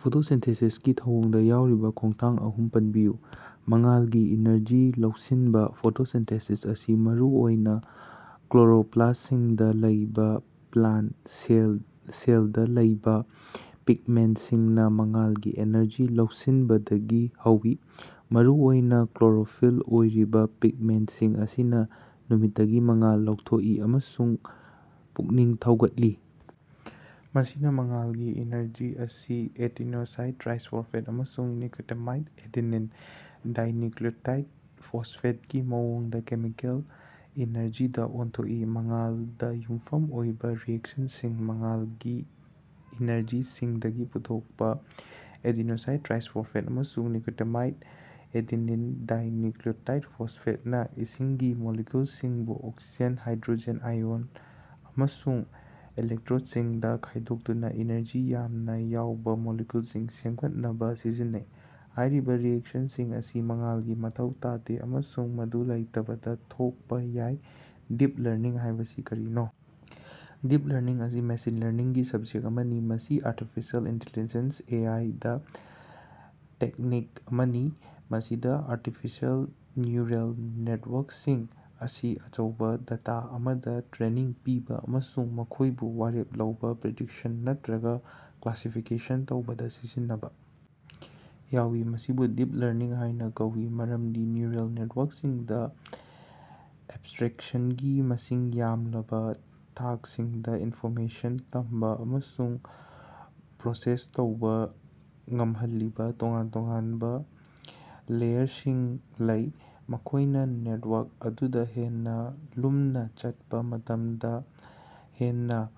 ꯐꯣꯇꯣꯁꯤꯟꯊꯦꯁꯤꯁꯀꯤ ꯊꯧꯑꯣꯡꯗꯥ ꯌꯥꯎꯔꯤꯕꯥ ꯈꯣꯡꯊꯥꯡ ꯑꯍꯨꯝ ꯄꯟꯕꯤꯌꯨ꯫ ꯃꯉꯥꯜꯒꯤ ꯏꯅꯔꯖꯤ ꯂꯧꯁꯤꯟꯕꯥ: ꯐꯣꯇꯣꯁꯤꯟꯊꯦꯁꯤꯁ ꯑꯁꯤ ꯃꯔꯨꯑꯣꯏꯅ ꯀ꯭ꯂꯣꯔꯣꯞꯂꯥꯁ꯭ꯇꯁꯤꯡꯗ ꯂꯩꯕ ꯄ꯭ꯂꯥꯟꯇ ꯁꯦꯜꯗꯥ ꯂꯩꯕꯥ ꯄꯤꯒꯃꯦꯟꯇꯁꯤꯡꯅꯥ ꯃꯉꯥꯜꯒꯤ ꯑꯦꯅꯔꯖꯤ ꯂꯧꯁꯤꯅꯕꯗꯒꯤ ꯍꯧꯏ꯫ ꯃꯔꯨꯑꯣꯏꯅꯥ ꯀ꯭ꯂꯣꯔꯣꯐꯤꯜ ꯑꯣꯏꯔꯤꯕ ꯄꯤꯒꯃꯦꯟꯇꯁꯤꯡ ꯑꯁꯤꯅ ꯅꯨꯃꯤꯠꯇꯒꯤ ꯃꯉꯥꯜ ꯂꯧꯊꯣꯛꯏ ꯑꯃꯁꯨꯡ ꯄꯨꯛꯅꯤꯡ ꯊꯧꯒꯠꯂꯤ, ꯃꯁꯤꯅ ꯃꯉꯥꯜꯒꯤ ꯏꯅꯔꯖꯤ ꯑꯁꯤ ꯑꯦꯗꯦꯅꯣꯁꯥꯏꯟ ꯇ꯭ꯔꯥꯏꯐꯣꯁꯐꯦꯠ ꯑꯃꯁꯨꯡ ꯅꯤꯀꯣꯇꯤꯅꯥꯃꯥꯏꯗ ꯑꯦꯗꯦꯅꯤꯟ ꯗꯥꯏꯅꯨꯀꯂꯤꯑꯣꯇꯥꯏꯗ ꯐꯣꯁꯐꯦꯠ ꯒꯤ ꯃꯑꯣꯡꯗ ꯀꯦꯃꯤꯀꯦꯜ ꯏꯅꯔꯖꯤꯗꯥ ꯑꯣꯟꯊꯣꯛꯏ꯫ ꯃꯉꯥꯜꯗꯥ ꯌꯨꯝꯐꯝ ꯑꯣꯏꯕ ꯔꯤꯑꯦꯛꯁꯟꯁꯤꯡ: ꯃꯉꯥꯜꯒꯤ ꯏꯅꯔꯖꯤꯗꯒꯤ ꯄꯨꯊꯣꯛꯄꯥ ꯑꯦꯗꯦꯅꯣꯁꯥꯏꯟ ꯇ꯭ꯔꯥꯏꯐꯣꯁꯐꯦꯠ ꯑꯃꯁꯨꯡ ꯅꯤꯀꯣꯇꯤꯅꯥꯃꯥꯏꯗ ꯑꯦꯗꯦꯅꯤꯟ ꯗꯥꯏꯅꯨꯀꯂꯤꯑꯣꯇꯥꯏꯗ ꯐꯣꯁꯐꯦꯠ ꯅꯥ ꯏꯁꯤꯡꯒꯤ ꯃꯣꯂꯤꯀꯌꯨꯜꯁꯤꯡꯕꯨ ꯑꯣꯛꯁꯤꯖꯦꯟ, ꯍꯥꯏꯗ꯭ꯔꯣꯖꯦꯟ ꯑꯥꯏꯑꯣꯟ ꯑꯃꯁꯨꯡ ꯏꯂꯦꯛꯇꯔꯣꯁꯤꯡꯗꯥ ꯈꯥꯏꯗꯣꯛꯇꯨꯅꯥ ꯏꯅꯔꯖꯤ ꯌꯥꯝꯅ ꯌꯥꯎꯕꯥ ꯃꯣꯂꯤꯀꯌꯨꯜꯁꯤꯡ ꯁꯦꯝꯒꯠꯅꯕꯥ ꯁꯤꯖꯤꯟꯅꯩ꯫ ꯍꯥꯏꯔꯤꯕꯥ ꯔꯤꯑꯦꯛꯁꯟꯁꯤꯡ ꯑꯁꯤ ꯃꯉꯥꯜꯒꯤ ꯃꯊꯧ ꯇꯥꯗꯦ ꯑꯃꯁꯨꯡ ꯃꯗꯨ ꯂꯩꯇꯕꯗꯥ ꯊꯣꯛꯄꯥ ꯌꯥꯏ꯫ ꯗꯤꯞ ꯂꯔꯅꯤꯡ ꯍꯥꯏꯕꯁꯤ ꯀꯔꯤꯅꯣ? ꯗꯤꯞ ꯂꯔꯅꯤꯡ ꯑꯁꯤ ꯃꯦꯁꯤꯟ ꯂꯔꯅꯤꯡꯒꯤ ꯁꯕꯁꯦꯠ ꯑꯃꯅꯤ, ꯃꯁꯤ ꯑꯥꯔꯇꯤꯐꯤꯁꯤꯑꯦꯜ ꯏꯟꯇꯤꯂꯤꯖꯦꯟꯁ (ꯑꯦ. ꯑꯥꯏ.)ꯗꯥ ꯇꯦꯛꯅꯤꯛ ꯑꯃꯅꯤ, ꯃꯁꯤꯗ ꯑꯥꯔꯇꯤꯐꯤꯁꯤꯑꯦꯜ ꯅ꯭ꯌꯨꯔꯜ ꯅꯦꯇꯋꯥꯔꯛꯁꯤꯡ ꯑꯁꯤ ꯑꯆꯧꯕ ꯗꯇꯥ ꯑꯃꯗ ꯇ꯭ꯔꯦꯅꯤꯡ ꯄꯤꯕ ꯑꯃꯁꯨꯡ ꯃꯈꯣꯏꯕꯨ ꯋꯥꯔꯦꯞ ꯂꯧꯕ, ꯄ꯭ꯔꯤꯗꯤꯛꯁꯟ ꯅꯠꯠꯔꯒꯥ ꯀ꯭ꯂꯥꯁꯤꯐꯤꯀꯦꯁꯟ ꯇꯧꯕꯗꯥ ꯁꯤꯖꯤꯟꯅꯕꯥ ꯌꯥꯎꯏ꯫ ꯃꯁꯤꯕꯨ "ꯗꯤꯞ ꯂꯔꯅꯤꯡ" ꯍꯥꯏꯅꯥ ꯀꯧꯏ ꯃꯔꯝꯗꯤ ꯅ꯭ꯌꯨꯔꯜ ꯅꯦꯇꯋꯥꯔꯛꯁꯤꯡꯗꯥ ꯑꯦꯕꯁ꯭ꯠꯔꯦꯛꯁꯒꯤ ꯃꯁꯤꯡ ꯌꯥꯝꯂꯕꯥ ꯊꯥꯛꯁꯤꯡꯗꯥ ꯏꯟꯐꯣꯔꯃꯦꯁꯟ ꯇꯝꯕꯥ ꯑꯃꯁꯨꯡ ꯄ꯭ꯔꯣꯁꯦꯁ ꯇꯧꯕ ꯉꯝꯍꯜꯂꯤꯕ ꯇꯣꯉꯥꯟ-ꯇꯣꯉꯥꯟꯕ ꯂꯦꯌꯔꯁꯤꯡ ꯂꯩ, ꯃꯈꯣꯏꯅꯥ ꯅꯦꯇꯋꯥꯔꯛ ꯑꯗꯨꯗ ꯍꯦꯟꯅ ꯂꯨꯝꯅꯥ ꯆꯠꯄꯥ ꯃꯇꯝꯗ ꯍꯦꯟꯅꯥ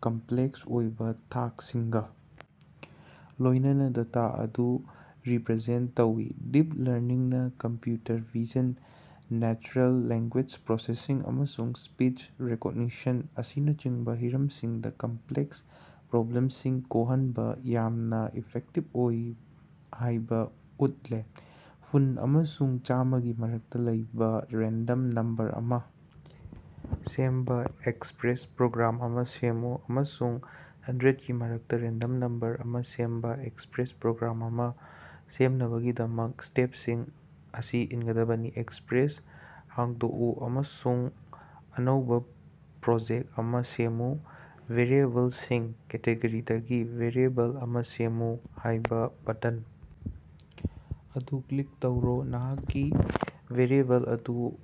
ꯀꯝꯄꯂꯦꯛꯁ ꯑꯣꯏꯕ ꯊꯥꯛꯁꯤꯡꯒ ꯂꯣꯏꯅꯅꯥ ꯗꯇꯥ ꯑꯗꯨ ꯔꯤꯄꯔꯖꯦꯟꯇ ꯇꯧꯏ꯫ ꯗꯤꯞ ꯂꯔꯅꯤꯡꯅꯥ computer vision, natural language processing ꯑꯃꯁꯨꯡ ꯁ꯭ꯄꯤꯁ ꯔꯤꯀꯣꯒꯅꯤꯁꯟ ꯑꯁꯤꯅꯆꯤꯡꯕꯥ ꯍꯤꯔꯝꯁꯤꯡꯗꯥ ꯀꯝꯄꯂꯦꯛꯁ ꯄ꯭ꯔꯣꯕ꯭ꯂꯦꯝꯁꯤꯡ ꯀꯣꯍꯟꯕꯗ ꯌꯥꯝꯅꯥ ꯏꯐꯦꯛꯇꯤꯕ ꯑꯣꯏ ꯍꯥꯏꯕꯥ ꯎꯠꯂꯦ꯫ ꯐꯨꯟ ꯑꯃꯁꯨꯡ ꯆꯥꯝꯃꯒꯤ ꯃꯔꯛꯇ ꯂꯩꯕ ꯔꯦꯟꯗꯝ ꯅꯝꯕꯔ ꯑꯃ ꯁꯦꯝꯕ ꯑꯦꯛꯄ꯭ꯔꯦꯁ ꯄ꯭ꯔꯣꯒ꯭ꯔꯥꯝ ꯑꯃ ꯁꯦꯝꯃꯨ꯫ ꯑꯃꯁꯨꯡ ꯍꯟꯗ꯭ꯔꯦꯠꯒꯤ ꯃꯔꯛꯇ ꯔꯦꯟꯗꯝ ꯅꯝꯕꯔ ꯑꯃ ꯁꯦꯝꯕ ꯑꯦꯛꯄ꯭ꯔꯦꯁ ꯄ꯭ꯔꯣꯒ꯭ꯔꯥꯝ ꯑꯃ ꯁꯦꯝꯅꯕꯒꯤꯗꯃꯛ, ꯏꯁꯇꯦꯞꯁꯤꯡ ꯑꯁꯤ ꯏꯪꯗꯕꯅꯤ: ꯑꯦꯛꯄ꯭ꯔꯦꯁ ꯍꯥꯡꯗꯣꯛꯎ ꯑꯃꯁꯨꯡ ꯑꯅꯧꯕ ꯄ꯭ꯔꯣꯖꯦꯛ ꯑꯃ ꯁꯦꯝꯃꯨ꯫ "ꯚꯦꯔꯤꯑꯦꯕꯜꯁꯤꯡ" ꯀꯦꯇꯦꯒꯣꯔꯤꯗꯒꯤ, "ꯚꯦꯔꯤꯑꯦꯕꯜ ꯑꯃ ꯁꯦꯝꯃꯨ" ꯍꯥꯏꯕ ꯕꯇꯟ ꯑꯗꯨ ꯀ꯭ꯂꯤꯛ ꯇꯧꯔꯣ꯫ ꯅꯍꯥꯛꯀꯤ ꯚꯦꯔꯤꯑꯦꯕꯜ ꯑꯗꯨ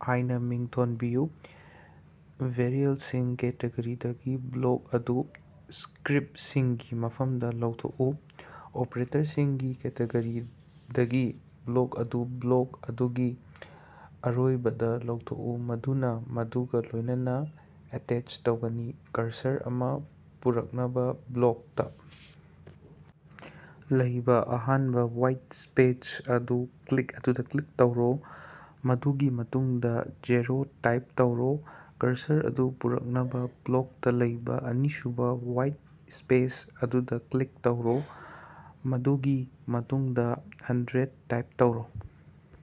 ꯍꯥꯏꯅ ꯃꯃꯤꯡ ꯊꯣꯟꯕꯤꯌꯨ꯫ ꯚꯦꯔꯤꯑꯦꯕꯜꯁꯤꯡ ꯀꯦꯇꯦꯒꯣꯔꯤꯗꯒꯤ ꯕ꯭ꯂꯣꯛ ꯑꯗꯨ ꯏꯁꯀ꯭ꯔꯤꯞꯁꯤꯡꯒꯤ ꯃꯐꯝꯗ ꯂꯧꯊꯣꯛꯎ꯫ ꯑꯣꯄ꯭ꯔꯦꯇꯔꯁꯤꯡꯒꯤ ꯀꯦꯇꯦꯒꯣꯔꯤꯗꯒꯤ, ꯕ꯭ꯂꯣꯛ ꯑꯗꯨ ꯕ꯭ꯂꯣꯛ ꯑꯗꯨꯒꯤ ꯑꯔꯣꯏꯕꯗ ꯂꯧꯊꯣꯛꯎ, ꯃꯗꯨꯅ ꯃꯗꯨꯒ ꯂꯣꯏꯅꯥꯅ ꯑꯦꯇꯦꯆ ꯇꯧꯒꯅꯤ꯫ ꯀꯔꯁꯔ ꯑꯃ ꯄꯨꯔꯛꯅꯥꯕ ꯕ꯭ꯂꯣꯛꯇ ꯂꯩꯕ ꯑꯍꯥꯟꯕ ꯋꯥꯏꯠ ꯁ꯭ꯄꯦꯁ ꯑꯗꯨꯗ ꯀ꯭ꯂꯤꯛ ꯇꯧꯔꯣ, ꯃꯗꯨꯒꯤ ꯃꯇꯨꯡꯗ ꯖꯦꯔꯣ ꯇꯥꯏꯞ ꯇꯧꯔꯣ, ꯀꯔꯁꯔ ꯑꯗꯨ ꯄꯨꯔꯛꯅꯕ ꯕ꯭ꯂꯣꯛꯇ ꯂꯩꯕ ꯑꯅꯤꯁꯨꯕ ꯋꯥꯏꯠ ꯏꯁꯄꯦꯁ ꯑꯗꯨꯗ ꯀ꯭ꯂꯤꯛ ꯇꯧꯔꯣ, ꯃꯗꯨꯒꯤ ꯃꯇꯨꯡꯗ ꯍꯟꯗ꯭ꯔꯦꯠ ꯇꯥꯏꯞ ꯇꯧꯔꯣ꯫